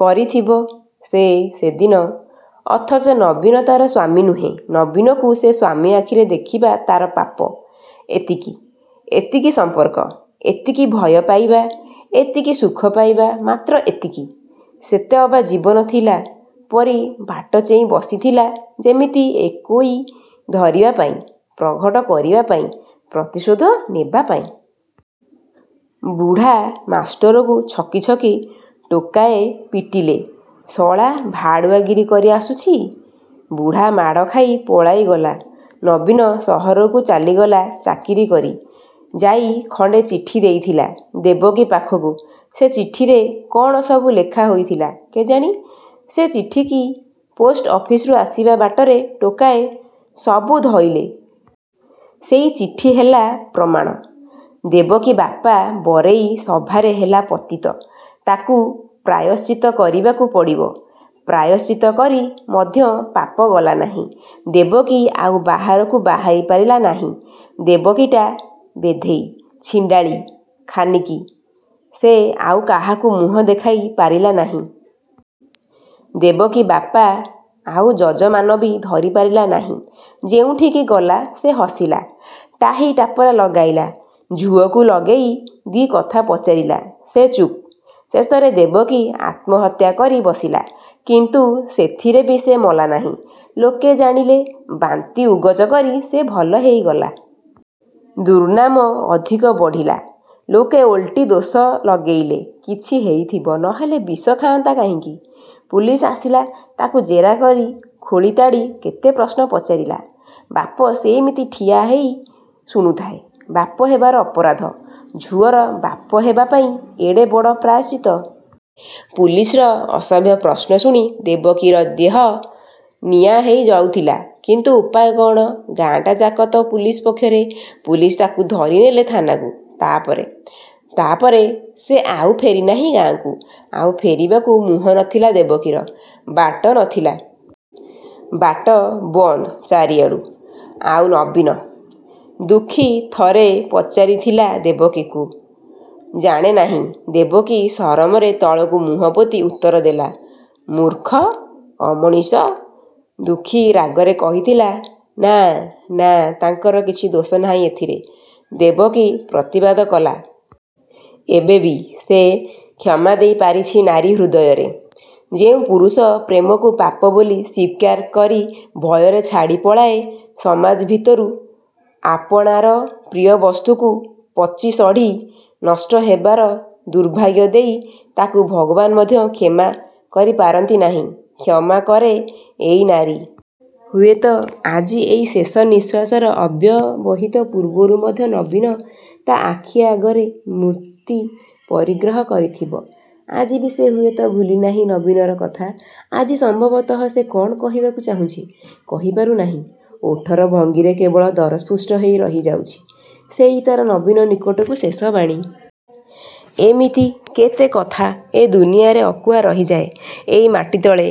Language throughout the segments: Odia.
କରିଥିବ ସେ ସେଦିନ। ଅଥଚ ନବୀନ ତା'ର ସ୍ୱାମୀ ନୁହେଁ। ନବୀନକୁ ସେ ସ୍ୱାମୀ ଆଖିରେ ଦେଖିବା ତା'ର ପାପ। ଏତିକି। ଏତିକି ସମ୍ପର୍କ। ଏତିକି ଭୟ ପାଇବା–ଏତିକି ସୁଖ ପାଇବା। ମାତ୍ର ଏତିକି। ସେତେ ଅବା ଜୀବନ ଥିଲା। ପରି ବାଟ ଚେଇଁ ବସିଥିଲା ଯେମିତି ଏକୁଇ ଧରିବାପାଇଁ–ପ୍ରଘଟ କରିବାପାଇଁ–ପ୍ରତିଶୋଧ ନେବା ପାଇଁ। ବୁଢ଼ା ମାଷ୍ଟରକୁ ଛକି ଛକି ଟୋକାଏ ପିଟିଲେ–ଶଳା ଭାଡ଼ୁଆଗିରି କରି ଆସୁଛି। ବୁଢାମାଡ଼ ଖାଇ ପଳାଇ ଗଲା। ନବୀନ ସହରକୁ ଚାଲିଗଲା ଚାକିରି କରି–ଯାଇ ଖଣ୍ଡେ ଚିଠି ଦେଇଥିଲା ଦେବକୀ ପାଖକୁ। ସେ ଚିଠିରେ କ'ଣ ସବୁ ଲେଖା ହୋଇଥିଲା କେଜାଣି–ସେ ଚିଠିକି ପୋଷ୍ଟ ଅଫିସରୁ ଆସିବା ବାଟରେ ଟୋକାଏ ସବୁ ଧଇଲେ। ସେଇ ଚିଠି ହେଲା ପ୍ରମାଣ। ଦେବକୀ ବାପା ବରେଇ ସଭାରେ ହେଲା ପତିତ। ତାକୁ ପ୍ରାୟଶ୍ଚିତ୍ତ କରିବାକୁ ପଡ଼ିବ। ପ୍ରାୟଶ୍ଚିତ୍ତ କରି ମଧ୍ୟ ପାପ ଗଲା ନାହିଁ। ଦେବକୀ ଆଉ ବାହାରକୁ ବାହାରି ପାରିଲା ନାହିଁ। ଦେବକୀଟା ବେଧେଇ, ଛିଣ୍ଡାଳି ଖାନିକି। ସେ ଆଉ କାହାକୁ ମୁହଁ ଦେଖାଇ ପାରିଲା ନାହିଁ। ଦେବକୀ ବାପା ଆଉ ଯଜମାନବି ଧରିପାରିଲା ନାହିଁ ଯେଉଁଠିକି ଗଲା, ସେ ହସିଲା, ଟାହି ଟାପରା ଲଗେଇଲା–ଝୁଅକୁ ଲଗେଇ ଦି'କଥା ପଚାରିଲା। ସେ ଚୁପ୍। ଶେଷରେ ଦେବକୀ ଆତ୍ମହତ୍ୟା କରି ବସିଲା। କିନ୍ତୁ ସେଥିରେବି ସେ ମଲା ନାହିଁ। ଲୋକେ ଜାଣିଲେ। ବାନ୍ତି ଉଗଜ କରି ସେ ଭଲ ହେଇଗଲା। ଦୁର୍ନାମ ଅଧିକ ବଢ଼ିଲା। ଲୋକେ ଓଲଟି ଦୋଷ ଲଗେଇଲେ–''କିଛି ହେଇଥିବ, ନହେଲେ ବିଷ ଖାଆନ୍ତା କାହିଁକି? ପୁଲିସ ଆସିଲା। ତାକୁ ଜେରା କରି ଖୋଳିତାଡ଼ି କେତେ ପ୍ରଶ୍ନ ପଚାରିଲା। ବାପ ସେମିତି ଠିଆ ହେଇ ଶୁଣୁଥାଏ। ବାପ ହେବାର ଅପରାଧ। ଝୁଅର ବାପ ହେବାପାଇଁ ଏଡ଼େ ବଡ଼ ପ୍ରାୟଶ୍ଚିତ୍ତ। ପୁଲିସର ଅସଭ୍ୟ ପ୍ରଶ୍ନ ଶୁଣି ଦେବକୀର ଦିହ ନିଆଁ ହେଇ ଯାଉଥିଲା। କିନ୍ତୁ ଉପାୟ କ'ଣ? ଗାଁଟାଯାକ ତ ପୁଲିସ ପକ୍ଷରେ। ପୁଲିସ ତାକୁ ଧରିନେଲେ ଥାନାକୁ। ତା'ପରେ–ତା'ପରେ। ସେ ଆଉ ଫେରି ନାହିଁ ଗାଁକୁ। ଆଉ ଫେରିବାକୁ ମୁହଁ ନଥିଲା ଦେବକୀର, ବାଟ ନଥିଲା। ବାଟ ବନ୍ଦ ଚାରିଆଡ଼ୁ। ''ଆଉ ନବୀନ? '' ଦୁଃଖୀ ଥରେ ପଚାରିଥିଲା ଦେବକୀକୁ। ''ଜାଣେ ନାହିଁ। '' ଦେବକୀ ସରମରେ ତଳକୁ ମୁହଁ ପୋତି ଉତ୍ତର ଦେଲା। ''ମୂର୍ଖ–ଅମଣିଷ। '' ଦୁଃଖୀ ରାଗରେ କହିଥିଲା। ''ନା–ନା ତାଙ୍କର କିଛି ଦୋଷ ନାହିଁ ଏଥିରେ। '' ଦେବକୀ ପ୍ରତିବାଦ କଲା। ଏବେବି ସେ କ୍ଷମା ଦେଇ ପାରିଛି ନାରୀ ହୃଦୟରେ। ଯେଉଁ ପୁରୁଷ ପ୍ରେମକୁ ପାପ ବୋଲି ସ୍ୱୀକାର କରି ଭୟରେ ଛାଡ଼ି ପଳାଏ ସମାଜ ଭିତରୁ, ଆପଣାର ପ୍ରିୟବସ୍ତୁକୁ ପଚି ଶଢ଼ି ନଷ୍ଟ ହେବାର ଦୁର୍ଭାଗ୍ୟ ଦେଇ, ତାକୁ ଭଗବାନ୍ ମଧ୍ୟ କ୍ଷମା କରି ପାରନ୍ତି ନାହିଁ–କ୍ଷମା କରେ ଏଇ ନାରୀ-। ହୁଏତ ଆଜି ଏଇ ଶେଷ ନିଃଶ୍ୱାସର ଅବ୍ୟବହିତ ପୂର୍ବରୁ ମଧ୍ୟ ନବୀନ ତା' ଆଖି ଆଗରେ ମୂର୍ତ୍ତି ପରିଗ୍ରହ କରିଥିବ। ଆଜିବି ସେ ହୁଏତ ଭୁଲି ନାହିଁ ନବୀନର କଥା। ଆଜି ସମ୍ଭବତଃ ସେ କ'ଣ କହିବାକୁ ଚାହୁଁଛି, କହିପାରୁ ନାହିଁ–ଓଠର ଭଙ୍ଗିରେ କେବଳ ଦରସ୍ଫୁଟ ହେଇ ରହିଯାଉଛି–ସେଇ ତା'ର ନବୀନ ନିକଟକୁ ଶେଷ ବାଣୀ। ଏମିତି କେତେ କଥା ଏ ଦୁନିଆରେ ଅକୁହା ରହିଯାଏଁ–ଏଇ ମାଟିତଳେ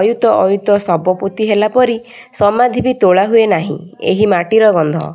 ଅୟୁତ ଅୟୁତ ଶବ ପୋତି ହେଲାପରି। ସମାଧିବି ତୋଳା ହୁଏ ନାହିଁ। ଏଇ ମାଟିର ଗନ୍ଧ,